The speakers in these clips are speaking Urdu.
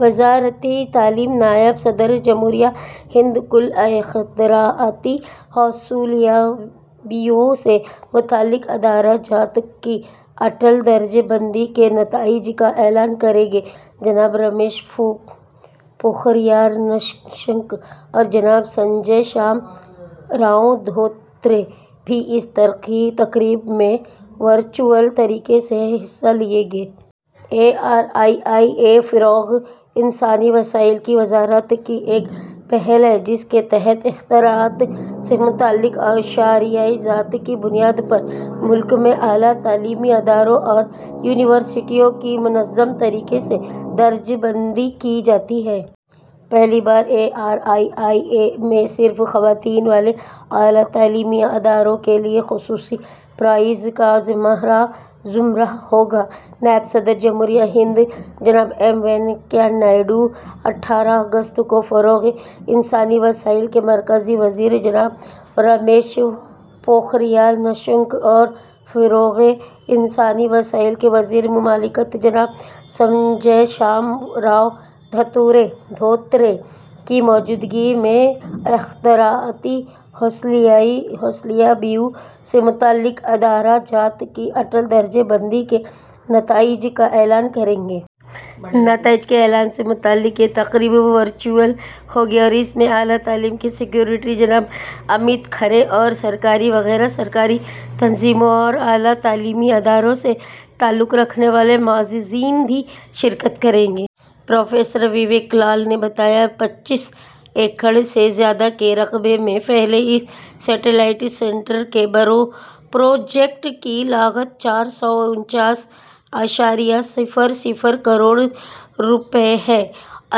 وزارتِ تعلیم نائب صدر جمہوریہ ہند کل اختراعاتی حصولیابیوں سے متعلق ادارہ جات کی اٹل درجہ بندی کے نتائج کا اعلان کریں گے۔ جناب رمیش پوکھریال نشنک اور جناب سنجے شام راؤ دھوترے بھی اس تقریب میں ورچوئل طریقے سے حصہ لیں گے۔ اے آر آئی آئی اے فروغِ انسانی وسائل کی وزارت کی ایک پہل ہے، جس کے تحت اختراعات سے متعلق اشاریہ جات کی بنیاد پر ملک میں اعلیٰ تعلیمی اداروں اور یونیورسٹیوں کی منظم طریقے سے درجہ بندی کی جاتی ہے۔ پہلی بار اے آر آئی آئی اے میں صرف خواتین والے اعلیٰ تعلیمی اداروں کے لیے خصوصی پرائز کا زمرہ ہوگا۔ نائب صدر جمہوریہ ہند جناب ایم وینکیا نائیڈو اٹھارہ اگست کو فروغِ انسانی وسائل کے مرکزی وزیر جناب رمیش پوکھریال نشنک اور فروغِ انسانی وسائل کے وزیر مملکت جناب سنجے شام راؤ دھوترے کی موجودگی میں اختراعاتی حصولیابیوں سے متعلق ادارہ جات کی اٹل درجہ بندی کے نتائج کا اعلان کریں گے۔ نتائج کے اعلان سے متعلق یہ تقریب ورچوئل ہوگی اور اس میں اعلیٰ تعلیم کے سکریٹری جناب امت کھرے اور سرکاری و غیر سرکاری تنظیموں اور اعلیٰ تعلیمی اداروں سے تعلق رکھنے والے معززین بھی شرکت کریں گے۔ پروفیسر وویک لال نے بتایا، ''پچیس ایکڑ سے زیادہ کے رقبے میں پھیلے اس سیٹلائٹ سنٹر کے پروجیکٹ کی لاگت چار سو انچاس اعشاریہ صفر صفر کروڑ روپے ہے۔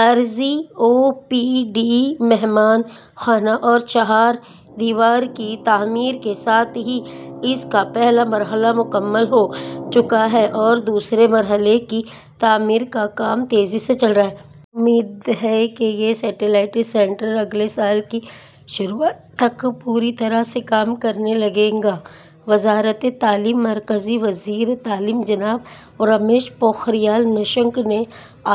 عارضی او پی ڈی، مہمان خانہ اور چہار دیواری کی تعمیر کے ساتھ ہی اس کا پہلا مرحلہ مکمل ہو چکا ہے اور دوسرے مرحلے کی تعمیر کا کام تیزی سے چل رہا ہے۔ امید ہے کہ یہ سیٹلائٹ سنٹر اگلے سال کی شروعات تک پوری طرح سے کام کرنے لگے گا۔'' وزارتِ تعلیم مرکزی وزیر تعلیم جناب رمیش پوکھریال نشنک نے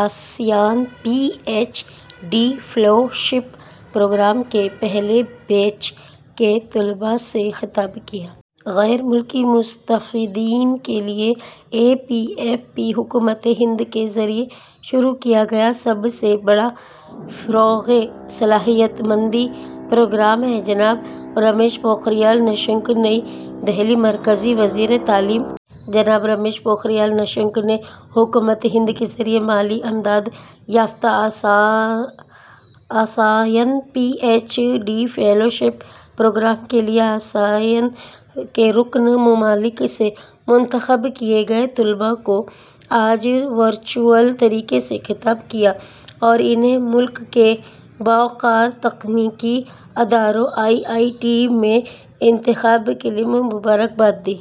ASEAN P H D fellowship programme کے پہلے بیچ کے طلباء سے خطاب کیا۔ غیر ملکی مستفیدین کے لیے اے پی ایف پی حکومتِ ہند کے ذریعے شروع کیا گیا سب سے بڑا فروغِ صلاحیت مندی پروگرام ہے: جناب رمیش پوکھریال 'نشنک' نئی دہلی: مرکزی وزیر تعلیم جناب رمیش پوکھریال 'نشنک' نے حکومتِ ہند کے ذریعے مالی امداد یافتہ ASEAN P H D fellowship programme کے لیے آسیان کے رکن ممالک سے منتخب کیے گئے طلباء کو آج ورچوئل طریقے سے خطاب کیا اور انھیں ملک کے باوقار تکنیکی اداروں آئی آئی ٹی میں انتخاب کے لیے مبارکباد دی۔